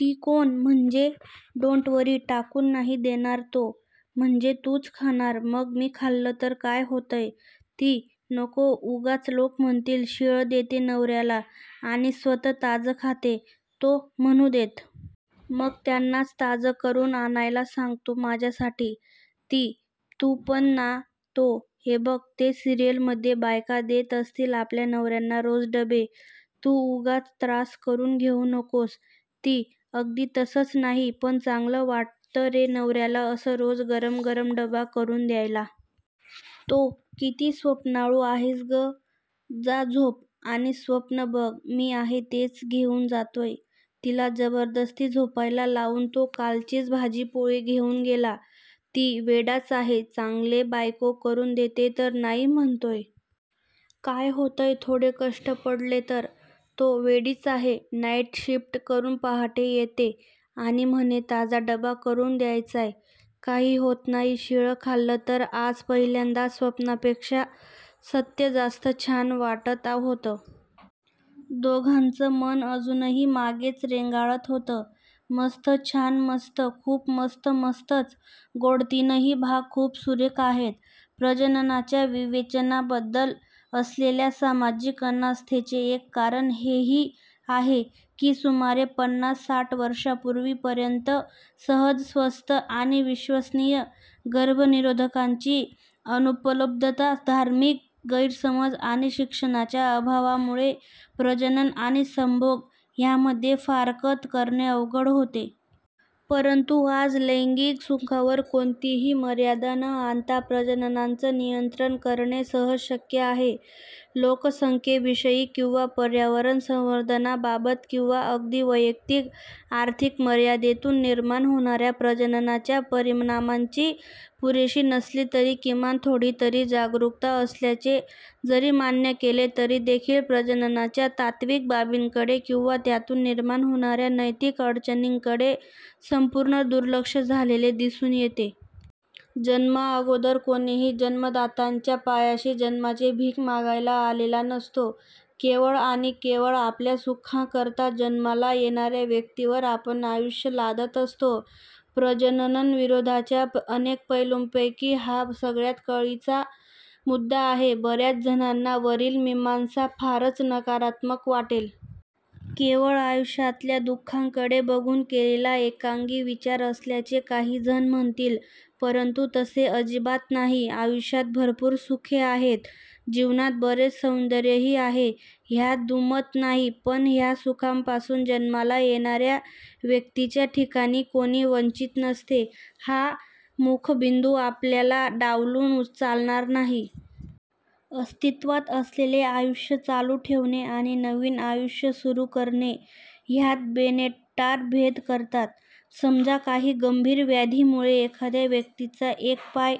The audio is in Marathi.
ती: कोण म्हणजे? डोन्ट वरी, टाकून नाही देणार. तो: म्हणजे तूच खाणार. मग मी खाल्लं तर काय होतंय? ती: नको उगाच. लोक म्हणतील शिळं देते नवऱ्याला आणि स्वतः ताजं खाते. तो: म्हणू देत. मग त्यांनाच ताजं करून आणायला सांगतो माझ्यासाठी. ती: तू पण ना. तो: हे बघ ते सिरीयल मध्ये बायका देत असतील आपल्या नवऱ्यांना रोज डबे. तू उगाच त्रास करून घेऊ नकोस. ती: अगदी तसंच नाही, पण चांगलं वाटतं रे नवऱ्याला असं रोज गरम गरम डबा करून द्यायला. तो: किती स्वप्नाळू आहेस गं. जा झोप आणि स्वप्नं बघ. मी आहे तेच घेऊन जातोय. तिला जबरदस्ती झोपायला लावून तो कालचीच भाजी पोळी घेऊन गेला. ती: वेडाच आहे. चांगले बायको करून देतेय तर नाही म्हणतोय. काय होतंय थोडे कष्ट पडले तर? तो: वेडीच आहे. नाईट शिफ्ट करून पहाटे येते आणि म्हणे ताजा डबा करून द्यायचाय. काही होत नाही शिळं खाल्लं तर. आज पहिल्यांदाच स्वप्नापेक्षा सत्य जास्त छान वाटत होतं. दोघांचं मन अजूनही मागेच रेंगाळत होतं. मस्तछानमस्त! खुप मस्तमस्तच. गोडतिनही भाग खुप सुरेख आहेत. प्रजननाच्या विवेचनाबद्दल असलेल्या सामाजिक अनास्थेचे एक कारण हेही आहे, की सुमारे पन्नास-साठ वर्षांपूर्वी पर्येंत सहज, स्वस्त आणि विश्वसनीय गर्भनिरोधकांची अनुपलब्धता, धार्मिक गैरसमज आणि शिक्षणाच्या अभावामुळे, प्रजनन आणि संभोग ह्यांमध्ये फारकत करणे अवघड होते. परंतु आज लैंगिक सुखांवर कोणतीही मर्यादा न आणता प्रजननाचं नियंत्रण करणे सहज शक्य आहे. लोकसंख्येविषयी किंवा पर्यावरण संवर्धनाबाबत किंवा अगदी वैयक्तिक आर्थिक मर्यादेतून निर्माण होणाऱ्या प्रजननाच्या परिणामांची पुरेशी नसली तरी किमान थोडी तरी जागरूकता असल्याचे जरी मान्य केले, तरी देखील प्रजननाच्या तात्विक बाबींकडे किंवा त्यातून निर्माण होणाऱ्या नैतिक अडचणींकडे संपूर्ण दुर्लक्ष झालेले दिसून येते. जन्मा अगोदर कोणीही जन्मदात्यांच्या पायाशी जन्माची भीक मागायला आलेला नसतो. केवळ आणि केवळ आपल्या सुखांकरता जन्माला येणाऱ्या व्यक्तीवर आपण आयुष्य लादत असतो. प्रजननविरोधाच्या अनेक पैलूंपैकी हा सगळ्यात कळीचा मुद्दा आहे. बऱ्याच जणांना वरील मीमांसा फारच नकारात्मक वाटेल. केवळ आयुष्यातल्या दुःखाकडे बघून केलेला एकांगी विचार असल्याचे काही जण म्हणतील. परंतु तसे आजिबात नाही. आयुष्यात भरपूर सुखे आहेत, जीवनात बरेच सौंदर्यही आहे ह्यात दुमत नाही. पण ह्या सुखांपासून जन्माला येणाऱ्या व्यक्तीच्या ठिकाणी कोणी वंचित नसते हा मुखबिंदू आपल्याला डावलून चालणार नाही. "अस्तित्वात असलेले आयुष्य चालू ठेवणे" आणि "नवीन आयुष्य सुरु करणे" ह्यात बेनेटार भेद करतात. समजा काही गंभीर व्याधीमुळे एखाद्या व्यक्तीचा एक पाय